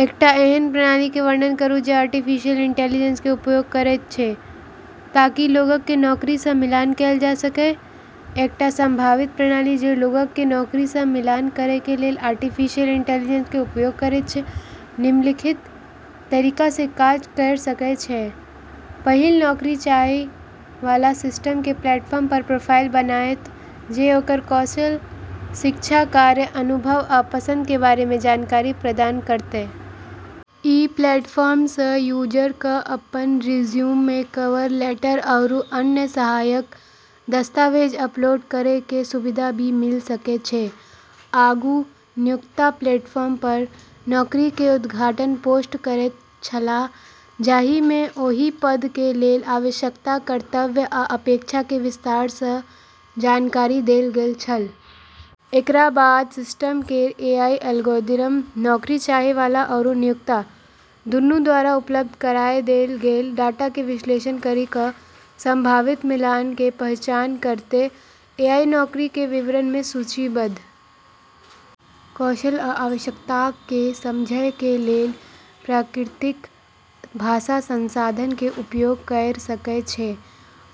एकटा एहन प्रणाली के वर्णन करूं जे आर्टिफिशियल इंटेलिजेंस के उपयोग करएयत छै ताकि लोगक के नौकरी सं मिलान कैल जा सकएय। एकटा संभावित प्रणाली जे लोगक के नौकरी सं मिलान करय के लेल आर्टिफिशियल इंटेलिजेंस के उपयोग करयत छै, निम्नलिखित तरीका सं काज कयर सकय छै: पहिल, नौकरी चाहय वाला सिस्टम के प्लेटफॉर्म पर प्रोफाइल बनायत, जे ओकर कौशल, शिक्षा, कार्य अनुभव, आ पसंद के बारे मे जानकारी प्रदान करतय। ई प्लेटफॉर्म स यूजर क अपन रिज्यूमे, कवर लेटर आरू अन्य सहायक दस्तावेज अपलोड करै के सुविधा भी मिल सकै छै। आगू नियोक्ता प्लेटफार्म पर नौकरी के उद्घाटन पोस्ट करैत छलाह, जाहि मे ओहि पद के लेल आवश्यकता, कर्तव्य, आ अपेक्षा के विस्तार सं जानकारी देल गेल छल। एकरा बाद सिस्टम केर एआई एल्गोरिदम नौकरी चाहै वाला आरू नियोक्ता दूनू द्वारा उपलब्ध कराय देल गेल डाटा के विश्लेषण करी क संभावित मिलान के पहचान करतै। एआई नौकरी के विवरण मे सूचीबद्ध कौशल आ आवश्यकताक के समझय के लेल प्राकृतिक भाषा संसाधन के उपयोग कयर सकय छै,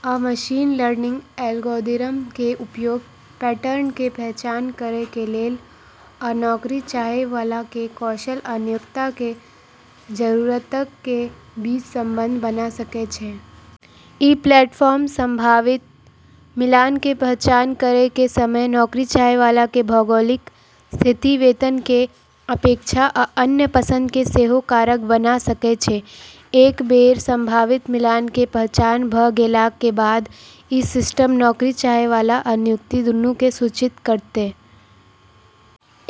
आ मशीन लर्निंग एल्गोरिदम के उपयोग पैटर्न के पहचान करय के लेल आ नौकरी चाहय वाला के कौशल आ नियोक्ता के जरूरतक के बीच संबंध बना सकय छै। इ प्लेटफॉर्म संभावित मिलान के पहचान करय के समय नौकरी चाहय वाला के भौगोलिक स्थिति, वेतन के अपेक्षा, आ अन्य पसंद के सेहो कारक बना सकय छै। एक बेर संभावित मिलान के पहचान भ गेलाक के बाद इ सिस्टम नौकरी चाहय वाला आ नियोक्ता दूनू के सूचित करतय।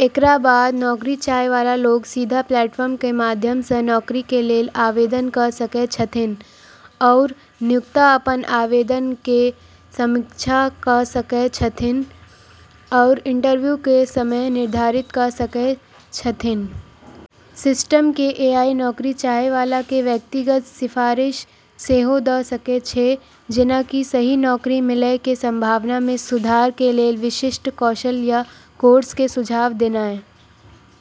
एकरा बाद नौकरी चाहय वाला लोक सीधा प्लेटफॉर्म के माध्यम सं नौकरी के लेल आवेदन क सकय छथिन्ह, आओर नियोक्ता अपन आवेदन के समीक्षा क सकय छथिन्ह आओर इंटरव्यू के समय निर्धारित क सकय छथिन्ह। सिस्टम के एआई नौकरी चाहय वाला के व्यक्तिगत सिफारिश सेहो द सकय छै, जेना कि सही नौकरी मिलय के संभावना मे सुधार के लेल विशिष्ट कौशल या कोर्स के सुझाव देनाय।